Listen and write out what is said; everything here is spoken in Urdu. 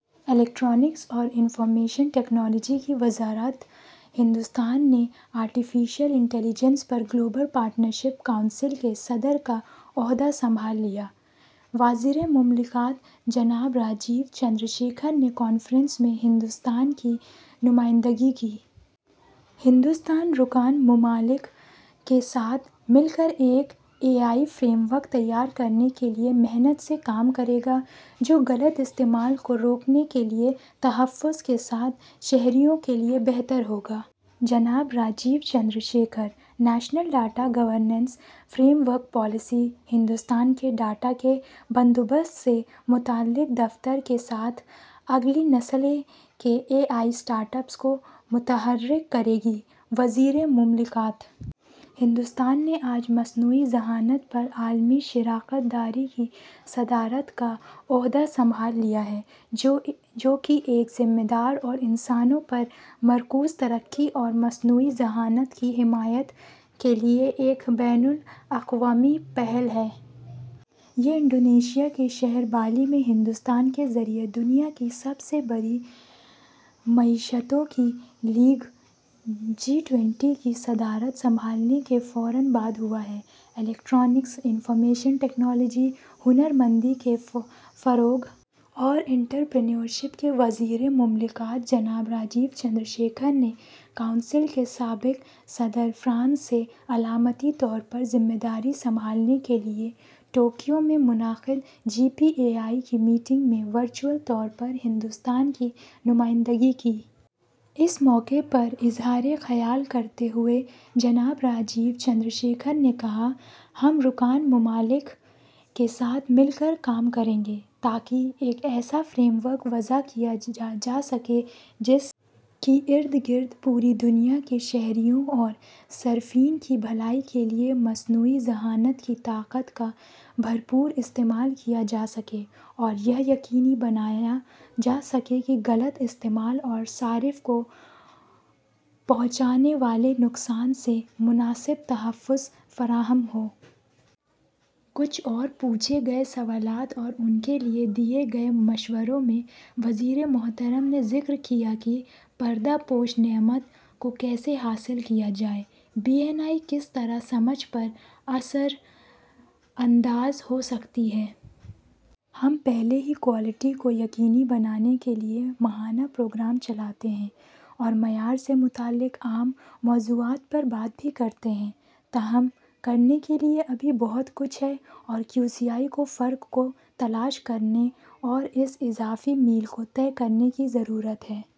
الیکٹرانکس اور اطلاعاتی ٹیکنالوجی کی وزارت ہندوستان نے مصنوعی ذہانت پر عالمی شراکت داری کونسل کے صدر کا عہدہ سنبھالا۔ وزیر مملکت جناب راجیو چندر شیکھر نے کانفرنس میں ہندوستان کی نمائندگی کی۔ ’’ہندوستان رکن ممالک کے ساتھ مل کر ایک اے آئی فریم ورک تیار کرنے کے لیے محنت سے کام کرے گا جو غلط استعمال کو روکنے کے لیے تحفظ کے ساتھ شہریوں کے لیے اچھا ہوگا۔‘‘ جناب Rajiv Chandra Shekhar. National data governance framework policy Hindustan کے ڈیٹا کے بندوبست سے متعلق دفتر کے ساتھ اگلی نسل کے اے آئی اسٹارٹ اپس کو متحرک کرے گی: وزیر مملکت۔ ہندوستان نے آج مصنوعی ذہانت پر عالمی شراکت داری کی صدارت کا عہدہ سنبھال لیا ہے، جو کہ ایک ذمہ دار اور انسانوں پر مرکوز ترقی اور مصنوعی ذہانت کی حمایت کے لیے ایک بین الاقوامی پہل ہے۔ یہ انڈونیشیا کے شہر بالی میں ہندوستان کے ذریعے دنیا کی سب سے بڑی معیشتوں کی لیگ، جی ٹوئنٹی کی صدارت سنبھالنے کے فوراً بعد ہوا ہے۔ الیکٹرانکس، اطلاعاتی ٹیکنالوجی، ہنرمندی کے فروغ اور انٹرپرینیورشپ کے وزیر مملکت جناب راجیو چندر شیکھر نے کونسل کے سبکدوش ہونے والے صدر فرانس سے علامتی طور پر ذمہ داری سنبھالنے کے لیے ٹوکیو میں منعقد ہونے والی جی پی اے آئی کی میٹنگ میں ورچوئل طریقے سے ہندوستان کی نمائندگی کی۔ اس موقع پر اظہار خیال کرتے ہوئے، جناب راجیو چندر شیکھر نے کہا، ’’ہم رکن ممالک کے ساتھ مل کر کام کریں گے تاکہ ایک ایسا فریم ورک وضع کیا جا سکے جس کے اردگرد پوری دنیا کے شہریوں اور صارفین کی بھلائی کے لیے مصنوعی ذہانت کی طاقت کا بھرپور استعمال کیا جا سکے اور یہ یقینی بنایا جا سکے کہ غلط استعمال اور صارف کو پہنچنے والے نقصان سے مناسب تحفظ فراہم ہو۔‘‘ کچھ اور پوچھے گئے سوالات اور ان کے لیے دیے گئے مشوروں میں وزیر موصوف نے ذکر کیا کہ ’’درپردہ نعمت‘‘ کو کیسے حاصل کیا جائے، بی این آئی کس طرح سماج پر اثر انداز ہو سکتی ہے۔ ہم پہلے ہی کوالٹی کو یقینی بنانے کے لیے ماہانہ پروگرام چلاتے ہیں اور معیار سے متعلق عام موضوعات پر بات بھی کرتے ہیں۔ تاہم، کرنے کے لیے ابھی بہت کچھ ہے اور کیو سی آئی فرق کو تلاش کرنے اور اس اضافی میل کو طے کرنے کی ضرورت ہے۔